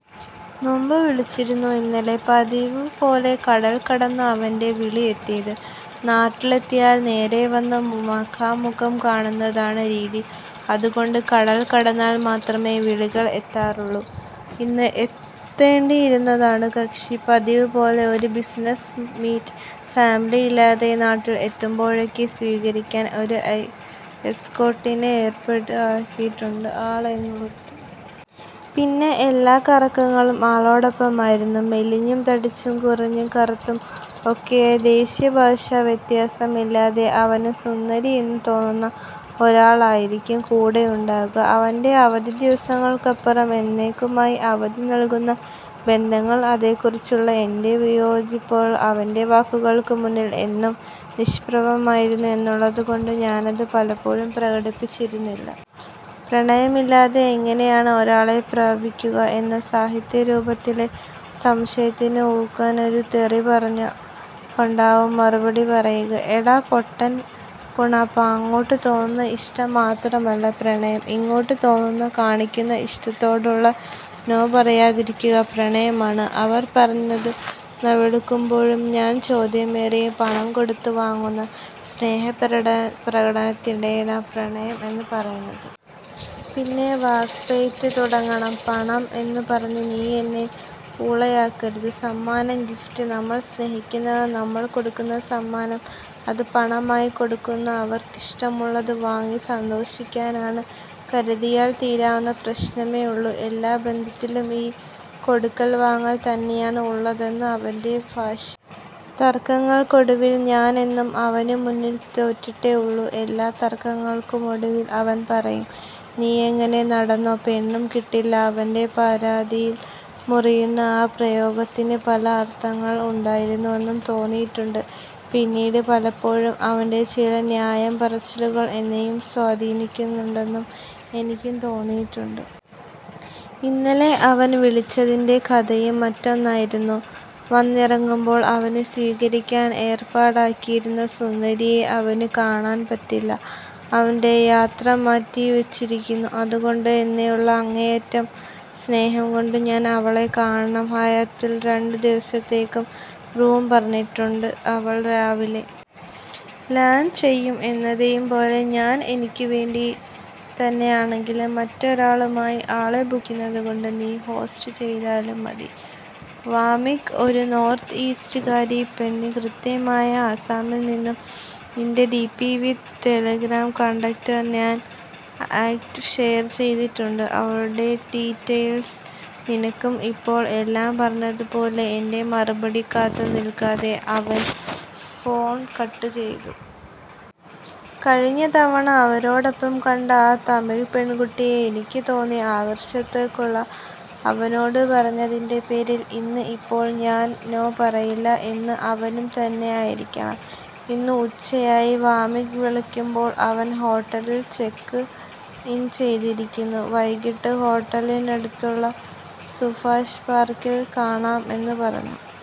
നെബു വിളിച്ചിരുന്നു ഇന്നലെ…! പതിവു പോലെ കടൽ കടന്നാണ് അവന്റെ വിളി എത്തിയത്. നാട്ടിലെത്തിയാൽ നേരേ വന്ന് മുഖാമുഖം കാണുന്നതാണ് രീതി. അതു കൊണ്ട് കടൽ കടന്നാൽ മാത്രമേ വിളികൾ എത്താറുള്ളൂ. ഇന്ന് എത്തേണ്ടിയിരുന്നതാണ് കക്ഷി. പതിവ് പൊലെ ഒരു ബിസിനസ് മീറ്റ്. ഫാമിലിയില്ലാതെ നാട്ടിൽ എത്തുമ്പോഴൊക്കെ സ്വീകരിക്കാൻ ഒരു എസ്കോർട്ടിനെ ഏർപ്പാടാക്കിയിട്ടാണ് ആൾ ഇങ്ങെത്തുക. പിന്നെ എല്ലാ കറക്കവും ആളോടൊപ്പമായിരിക്കും. മെലിഞ്ഞും തടിച്ചും കറുത്തും കുറുകിയും ഒക്കെയായി ദേശ ഭാഷാ വ്യത്യാസം ഇല്ലാതെ അവന് സുന്ദരി എന്നു തോന്നുന്ന ഒരാളായിരിക്കും കൂടെയുണ്ടാകുക. അവന്റെ അവധി ദിവസങ്ങൾക്കപ്പുറം എന്നേന്നേക്കുമായി അവധി നൽകുന്ന ബന്ധങ്ങൾ. അതേക്കുറിച്ചുള്ള എന്റെ വിയോജിപ്പുകൾ അവന്റെ വാക്കുകൾക്ക് മുന്നിൽ എന്നും നിഷ്പ്രഭമായിരുന്നു എന്നുള്ളത് കൊണ്ട് ഞാനത് പലപ്പോഴും പ്രകടിപ്പിച്ചിരുന്നില്ല. പ്രണയമില്ലാതെ എങ്ങനെയാണ് ഒരാളെ പ്രാപിക്കുക എന്ന സാഹിത്യരൂപത്തിലുള്ള സംശയത്തിന് ഊക്കനൊരു തെറി പറഞ്ഞു കൊണ്ടാവും മറുപടി പറയുക. ' എടാ പൊട്ടൻ കുണാപ്പാ, അങ്ങോട്ട് തോന്നുന്ന ഇഷ്ടം മാത്രമല്ല പ്രണയം, ഇങ്ങോട്ട് തോന്നുന്ന, കാണിക്കുന്ന ഇഷ്ടത്തോട് നോ പറയാതിരിക്കലും പ്രണയം ആണ്… ' അവൻ പറഞ്ഞ് നാവെടുക്കുമ്പോഴേക്കും ഞാൻ ചോദ്യമെറിയും, ' പണം കൊടുത്ത് വാങ്ങുന്ന സ്നേഹപ്രകടനത്തിനെയാണോടാ പ്രണയം എന്ന് പറയുന്നത്…? ' പിന്നെ വാക്പയറ്റ് തുടങ്ങണം .'പണം എന്നു പറഞ്ഞ് നീ എന്നെ ഊളയാക്കരുത്… സമ്മാനം… ഗിഫ്റ്റ്… നമ്മളെ സ്നേഹിക്കുന്നവർക്ക് നമ്മൾ കൊടുക്കുന്ന സമ്മാനം… അത് പണമായി കൊടുക്കുന്നത് അവർക്കിഷ്ടമുള്ളത് വാങ്ങി സന്തോഷിക്കാനാണെന്ന് കരുതിയാൽ തീരാവുന്ന പ്രശ്നമേ ഉള്ളൂ… ' 'എല്ലാ ബന്ധത്തിലും ഈ കൊടുക്കൽ വാങ്ങൽ തന്നെയാണ് ഉള്ളതെന്നാണ് അവന്റെ ഭാഷ്യം. തർക്കങ്ങൾക്കൊടുവിൽ ഞാൻ എന്നും അവനു മുന്നിൽ തോറ്റിട്ടേ ഉള്ളൂ… ' എല്ലാ തർക്കങ്ങൾക്കൊടുവിലും അവൻ പറയും, 'നീയിങ്ങനെ നടന്നോ…!! പെണ്ണും കെട്ടില്ല… ' അവന്റെ പാതിയിൽ മുറിയുന്ന ആ പ്രയോഗത്തിന് പല അർത്ഥ തലങ്ങൾ ഉണ്ടായിരുന്നെന്ന് തോന്നിയിട്ടുണ്ട്. പിന്നീട് പലപ്പോഴും അവന്റെ ചില ന്യായം പറച്ചിലുകൾ എന്നെയും സ്വാധീനിക്കുന്നുണ്ടെന്ന് എനിക്ക് തോന്നിയിട്ടുണ്ട്. ഇന്നലെ അവൻ വിളിച്ചതിന്റെ കഥയും മറ്റൊന്നായിരുന്നു. വന്നിറങ്ങുമ്പോൾ അവനെ സ്വീകരിക്കാൻ ഏർപ്പാടാക്കിയിരിക്കുന്ന സുന്ദരിയെ അവന് കാണാൻ പറ്റില്ല. അവന്റെ യാത്ര മാറ്റി വച്ചിരിക്കുന്നു. അതു കൊണ്ട് എന്നോടുള്ള അങ്ങേയറ്റം സ്നേഹം കൊണ്ട് ഞാൻ അവളെ കാണണം. 'ഹയാത്തിൽ രണ്ടു ദിവസത്തേയ്ക്ക് റൂം പറഞ്ഞിട്ടുണ്ട്… അവൾ രാവിലെ ലാൻഡ് ചെയ്യും… എന്നത്തേയും പോലെ ഞാൻ എനിക്കു വേണ്ടി തന്നെയാണെങ്കിലും മറ്റൊരാളായി ആളെ ബുക്ക് ചെയ്തിരിക്കുന്നത് കൊണ്ട്, നീ ഹോസ്റ്റ് ചെയ്താലും മതി… '' വാമിഖ… ഒരു നോർത്ത് ഈസ്റ്റ്കാരി പെണ്ൺ… കൃത്യമായി ആസാമിൽ നിന്ന്… നിന്റെ ഡിപി വിത്ത് ടെലഗ്രാം കോണ്ടാക്ട് ഞാൻ ആൾക്ക് ഷെയർ ചെയ്തിട്ടുണ്ട്… അവളുടെ ഡീറ്റയിൽസ് നിനക്കും… അപ്പോൾ എല്ലാം പറഞ്ഞത് പോലെ… ' എന്റെ മറുപടിയ്ക്ക് കാത്തു നിൽക്കാതെ അവൻ ഫോൺ കട്ടു ചെയ്തു. കഴിഞ്ഞ തവണ അവനോടൊപ്പം കണ്ട ആ തമിഴ് പെൺകുട്ടിയോട് എനിക്കു തോന്നിയ ആകർഷണത്തേക്കുറിച്ച് അവനോട് പറഞ്ഞതിന്റെ പേരിൽ, ഇന്ന് ഇപ്പോൾ ഞാൻ നോ പറയില്ല എന്ന് അവനും തോന്നിയിരിക്കണം. ഇന്ന് ഉച്ചയായി വാമിഖ വിളിക്കുമ്പോൾ. അവൾ ഹോട്ടലിൽ ചെക്ക് ഇൻ ചെയ്തിരിക്കുന്നു. വൈകിട്ട് ഹോട്ടലിനടുതുള്ള സുഭാഷ് പാർക്കിൽ കാണാം എന്നു പറഞ്ഞു.